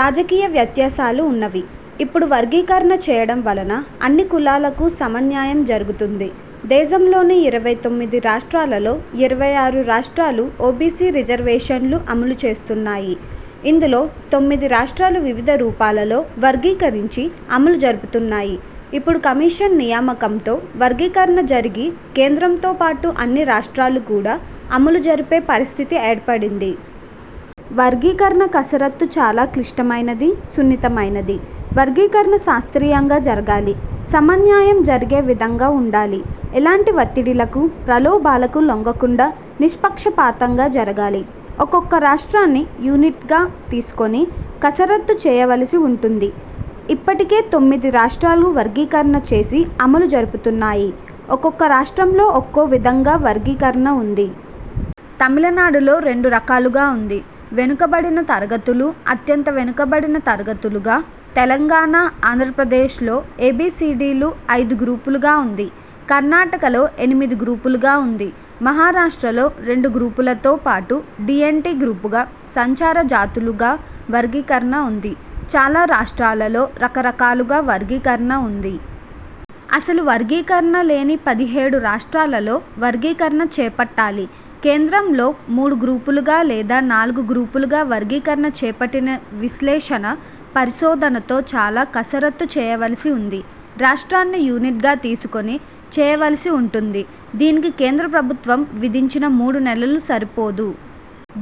రాజకీయ వ్యత్యాసాలు ఉన్నవి. ఇప్పుడు వర్గీకరణ చేయడం వలన అన్ని కులాలకు సమన్యాయం జరుగుతుంది. దేశంలోని ఇరవై తొమ్మిది రాష్ట్రాలలో ఇరవై ఆరు రాష్ట్రాలు ఓబీసీ రిజర్వేషన్లు అమలు చేస్తున్నాయి. ఇందులో తొమ్మిది రాష్ట్రాలు వివిధ రూపాలలో వర్గీకరించి అమలు జరుపుతున్నాయి. ఇప్పుడు కమిషన్ నియామకంతో వర్గీకరణ జరిగి కేంద్రంతో పాటు అన్ని రాష్ట్రాలు కూడా అమలు జరిపే పరిస్థితి ఏర్పడింది. వర్గీకరణ కసరత్తు చాలా క్లిష్టమైనది, సున్నితమైనది. వర్గీకరణ శాస్త్రీయంగా జరగాలి. సమన్యాయం జరిగే విధంగా ఉండాలి. ఎలాంటి వత్తిడిలకు, ప్రలోభాలకు లొంగకుండా నిష్పక్షపాతంగా జరగాలి. ఒక్కొక రాష్ట్రాన్ని యూనిట్గా తీసుకొని కసరత్తు చేయవలిసి ఉంటుంది. ఇప్పటికే తొమ్మిది రాష్ట్రాలు వర్గీకరణ చేసి అమలు జరుపుతున్నాయి. ఒక్కొక రాష్ట్రంలో ఒక్కో విధంగా వర్గీకరణ ఉంది. తమిళనాడులో రెండు రకాలుగా ఉంది. వెనుకబడిన తరగతులు, అత్యంత వెనుకబడిన తరగతులుగా, తెలంగాణ, ఆంధ్రప్రదేశ్లో ఏబీసీడీఈ లు ఐదు గ్రూపులుగా ఉంది. కర్ణాటకలో ఎనిమిది గ్రూపులుగా ఉంది. మహారాష్ట్రలో రెండు గ్రూపులతో పాటు డీఎన్టీ గ్రూపుగా, సంచార జాతులుగా వర్గీకరణ ఉంది. చాలా రాష్ట్రాలలో రకరకాలుగా వర్గీకరణ ఉంది. అసలు వర్గీకరణ లేని పదిహేడు రాష్ట్రాలలో వర్గీకరణ చేపట్టాలి. కేంద్రంలో మూడు గ్రూపులుగా లేదా నాలుగు గ్రూపులుగా వర్గీకరణ చేపట్టిన విశ్లేషణ పరిశోధనతో చాలా కసరత్తు చేయవలసి ఉంది. రాష్ట్రాన్ని యూనిట్గా తీసుకొని చేయవలసి ఉంటుంది. దీనికి కేంద్ర ప్రభుత్వం విధించిన మూడు నెలలు సరిపోదు.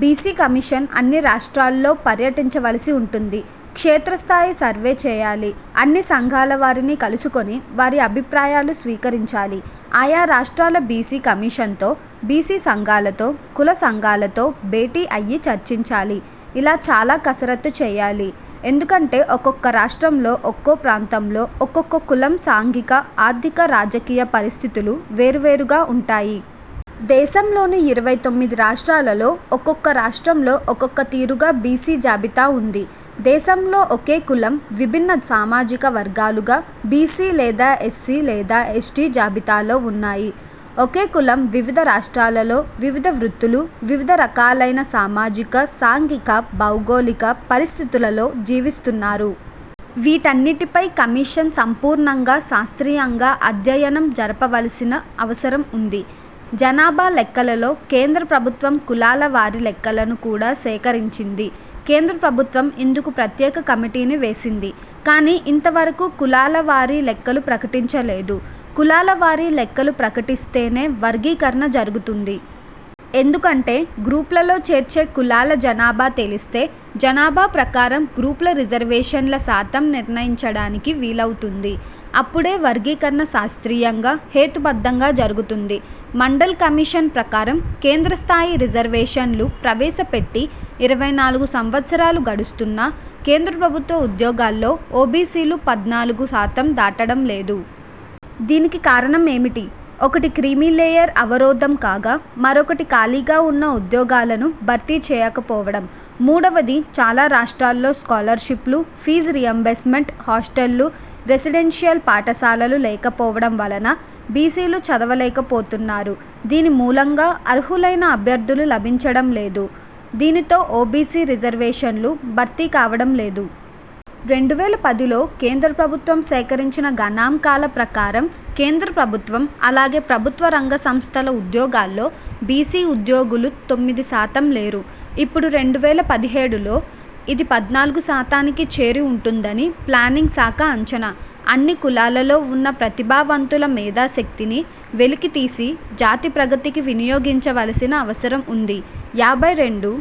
బీసీ కమిషన్ అన్ని రాష్ట్రాల్లో పర్యటించవలసి ఉంటుంది. క్షేత్రస్థాయి సర్వే చేయాలి. అన్ని సంఘాల వారిని కలుసుకొని వారి అభిప్రాయాలు స్వీకరించాలి. ఆయా రాష్ట్రాల బీసీ కమిషన్తో, బీసీ సంఘాలతో, కుల సంఘాలతో భేటీ అయ్యి చర్చించాలి. ఇలా చాలా కసరత్తు చేయాలి. ఎందుకంటే ఒక్కొక్క రాష్ట్రంలో ఒక్కో ప్రాంతంలో ఒక్కొక్క కులం సాంఘిక, ఆర్థిక, రాజకీయ పరిస్థితులు వేరు వేరుగా ఉంటాయి. దేశంలోని ఇరవై తొమ్మిది రాష్ట్రాలలో ఒక్కొక్క రాష్ట్రంలో ఒక్కొక తీరుగా బీసీ జాబితా ఉంది. దేశంలో ఒకే కులం విభిన్న సామాజిక వర్గాలుగా బీసీ లేదా ఎస్సీ లేదా ఎస్టీ జాబితాలో ఉన్నాయి. ఒకే కులం వివిధ రాష్ట్రాలలో వివిధ వృత్తులు, వివిధ రకాలైన సామాజిక, సాంఘిక, భౌగోళిక పరిస్థితులలో జీవిస్తున్నారు. వీటన్నిటిపై కమిషన్ సంపూర్ణంగా, శాస్త్రీయంగా అధ్యయనం జరుపవలసిన అవసరం ఉంది. జనాభా లెక్కలలో కేంద్ర ప్రభుత్వం కులాల వారి లెక్కలను కూడా సేకరించింది. కేంద్ర ప్రభుత్వం ఇందుకు ప్రత్యేక కమిటీని వేసింది. కానీ ఇంతవరకు కులాల వారీ లెక్కలు ప్రకటించలేదు. కులాలవారీ లెక్కలు ప్రకటిస్తేనే వర్గీకరణ జరుగుతుంది. ఎందుకంటే, గ్రూప్లలో చేర్చే కులాల జనాభా తెలిస్తే జనాభా ప్రకారం గ్రూపుల రిజర్వేషన్ల శాతం నిర్ణయించడానికి వీలవుతుంది. అప్పుడే వర్గీకరణ శాస్త్రీయంగా, హేతు బద్ధంగా జరుగుతుంది. మండల్ కమిషన్ ప్రకారం కేంద్ర స్థాయి రిజర్వేషన్లు ప్రవేశపెట్టి ఇరవై నాలుగు సంవ త్సరాలు గడుస్తున్నా కేంద్ర ప్రభుత్వ ఉద్యోగాల్లో ఓబీసీలు పద్నాలుగు శాతం దాటడం లేదు. దీనికి కారణం ఏమిటి? ఒకటి క్రిమీలేయర్ అవరోధం కాగా మరొకటి ఖాళీగా ఉన్న ఉద్యోగాలను భర్తీ చేయకపోవడం. మూడవది చాలా రాష్ట్రాల్లో స్కాలర్షిప్లు, ఫీజు రీయింబర్స్మెంట్, హాస్టళ్ళు, రెసిడెన్షియల్ పాఠశాలలు లేకపోవడం వలన బీసీలు చదువుకోలేకపోతున్నారు. దీని మూలంగా అర్హులైన అభ్యర్థులు లభించడం లేదు. దీనితో ఓబీసీ రిజర్వేషన్లు భర్తీ కావడం లేదు. రెండు వేల పదిలో కేంద్రప్రభుత్వం సేకరించిన గణాంకాల ప్రకారం కేంద్ర ప్రభుత్వం, అలాగే ప్రభుత్వ రంగ సంస్థల ఉద్యోగాల్లో బీసీ ఉద్యోగులు తొమ్మిది శాతం లేరు. ఇప్పుడు రెండు వేల పదిహేడులో ఇది పద్నాలుగు శాతానికి చేరి ఉంటుందని ప్లానింగ్ శాఖ అంచనా! అన్ని కులాలలో ఉన్న ప్రతిభావంతుల మేధాశక్తిని వెలికితీసి జాతి ప్రగతికి వినియోగించవలసిన అవసరం ఉంది. యాభై రెండు